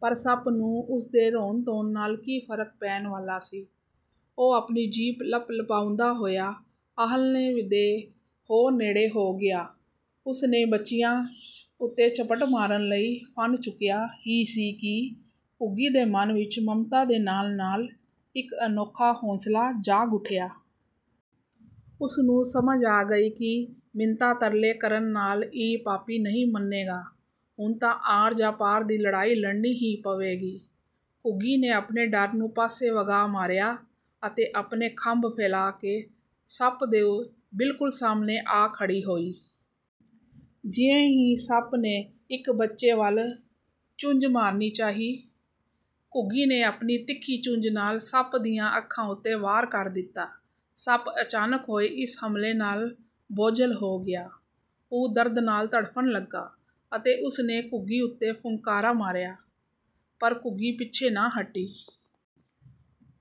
ਪਰ ਸੱਪ ਨੂੰ ਉਸ ਦੇ ਰੋਣ-ਧੋਣ ਨਾਲ ਕੀ ਫ਼ਰਕ ਪੈਣ ਵਾਲਾ ਸੀ! ਉਹ ਆਪਣੀ ਜੀਭ ਲਪਲਪਾਉਂਦਾ ਹੋਇਆ ਆਹਲਣੇ ਦੇ ਹੋਰ ਨੇੜੇ ਹੋ ਗਿਆ। ਉਸ ਨੇ ਬੱਚਿਆਂ ਉੱਤੇ ਝਪਟ ਮਾਰਨ ਲਈ ਫਣ ਚੁੱਕਿਆ ਹੀ ਸੀ ਕਿ ਘੁੱਗੀ ਦੇ ਮਨ ਵਿੱਚ ਮਮਤਾ ਦੇ ਨਾਲ-ਨਾਲ ਇੱਕ ਅਨੋਖਾ ਹੌਂਸਲਾ ਜਾਗ ਉੱਠਿਆ। ਉਸ ਨੂੰ ਸਮਝ ਆ ਗਈ ਕਿ ਮਿੰਨਤਾਂ-ਤਰਲੇ ਕਰਨ ਨਾਲ ਇਹ ਪਾਪੀ ਨਹੀਂ ਮੰਨੇਗਾ, ਹੁਣ ਤਾਂ ਆਰ ਜਾਂ ਪਾਰ ਦੀ ਲੜਾਈ ਲੜਨੀ ਹੀ ਪਵੇਗੀ। ਘੁੱਗੀ ਨੇ ਆਪਣੇ ਡਰ ਨੂੰ ਪਾਸੇ ਵਗਾਹ ਮਾਰਿਆ ਅਤੇ ਆਪਣੇ ਖੰਭ ਫੈਲਾ ਕੇ ਸੱਪ ਦੇ ਬਿਲਕੁਲ ਸਾਹਮਣੇ ਆ ਖੜ੍ਹੀ ਹੋਈ। ਜਿਵੇਂ ਹੀ ਸੱਪ ਨੇ ਇੱਕ ਬੱਚੇ ਵੱਲ ਚੁੰਝ ਮਾਰਨੀ ਚਾਹੀ, ਘੁੱਗੀ ਨੇ ਆਪਣੀ ਤਿੱਖੀ ਚੁੰਝ ਨਾਲ ਸੱਪ ਦੀਆਂ ਅੱਖਾਂ ਉੱਤੇ ਵਾਰ ਕਰ ਦਿੱਤਾ! ਸੱਪ ਅਚਾਨਕ ਹੋਏ ਇਸ ਹਮਲੇ ਨਾਲ ਬੋਝਲ ਹੋ ਗਿਆ। ਉਹ ਦਰਦ ਨਾਲ ਤੜਫਣ ਲੱਗਾ ਅਤੇ ਉਸ ਨੇ ਘੁੱਗੀ ਉੱਤੇ ਫੁੰਕਾਰਾ ਮਾਰਿਆ, ਪਰ ਘੁੱਗੀ ਪਿੱਛੇ ਨਾ ਹਟੀ।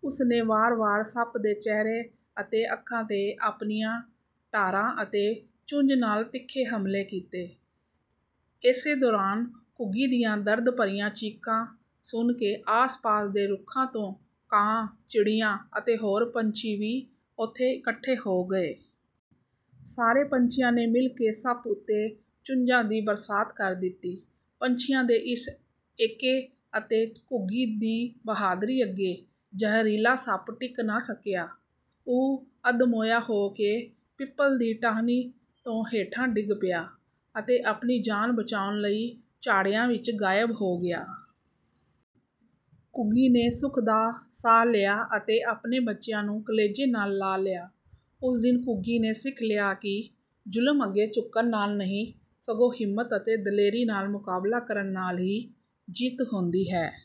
ਉਸ ਨੇ ਵਾਰ-ਵਾਰ ਸੱਪ ਦੇ ਚਿਹਰੇ ਅਤੇ ਅੱਖਾਂ 'ਤੇ ਆਪਣੀਆਂ ਡਾਰਾਂ ਅਤੇ ਚੁੰਝ ਨਾਲ ਤਿੱਖੇ ਹਮਲੇ ਕੀਤੇ। ਇਸੇ ਦੌਰਾਨ ਘੁੱਗੀ ਦੀਆਂ ਦਰਦ ਭਰੀਆਂ ਚੀਕਾਂ ਸੁਣ ਕੇ ਆਸ-ਪਾਸ ਦੇ ਰੁੱਖਾਂ ਤੋਂ ਕਾਂ, ਚਿੜੀਆਂ ਅਤੇ ਹੋਰ ਪੰਛੀ ਵੀ ਉੱਥੇ ਇਕੱਠੇ ਹੋ ਗਏ। ਸਾਰੇ ਪੰਛੀਆਂ ਨੇ ਮਿਲ ਕੇ ਸੱਪ ਉੱਤੇ ਚੁੰਝਾਂ ਦੀ ਬਰਸਾਤ ਕਰ ਦਿੱਤੀ। ਪੰਛੀਆਂ ਦੇ ਇਸ ਏਕੇ ਅਤੇ ਘੁੱਗੀ ਦੀ ਬਹਾਦਰੀ ਅੱਗੇ ਜ਼ਹਿਰੀਲਾ ਸੱਪ ਟਿਕ ਨਾ ਸਕਿਆ। ਉਹ ਅੱਧਮੋਇਆ ਹੋ ਕੇ ਪਿੱਪਲ ਦੀ ਟਾਹਣੀ ਤੋਂ ਹੇਠਾਂ ਡਿੱਗ ਪਿਆ ਅਤੇ ਆਪਣੀ ਜਾਨ ਬਚਾਉਣ ਲਈ ਝਾੜੀਆਂ ਵਿੱਚ ਗਾਇਬ ਹੋ ਗਿਆ। ਘੁੱਗੀ ਨੇ ਸੁੱਖ ਦਾ ਸਾਹ ਲਿਆ ਅਤੇ ਆਪਣੇ ਬੱਚਿਆਂ ਨੂੰ ਕਲੇਜੇ ਨਾਲ ਲਾ ਲਿਆ। ਉਸ ਦਿਨ ਘੁੱਗੀ ਨੇ ਸਿੱਖ ਲਿਆ ਕਿ ਜ਼ੁਲਮ ਅੱਗੇ ਝੁਕਣ ਨਾਲ ਨਹੀਂ, ਸਗੋਂ ਹਿੰਮਤ ਅਤੇ ਦਲੇਰੀ ਨਾਲ ਮੁਕਾਬਲਾ ਕਰਨ ਨਾਲ ਹੀ ਜਿੱਤ ਹੁੰਦੀ ਹੈ।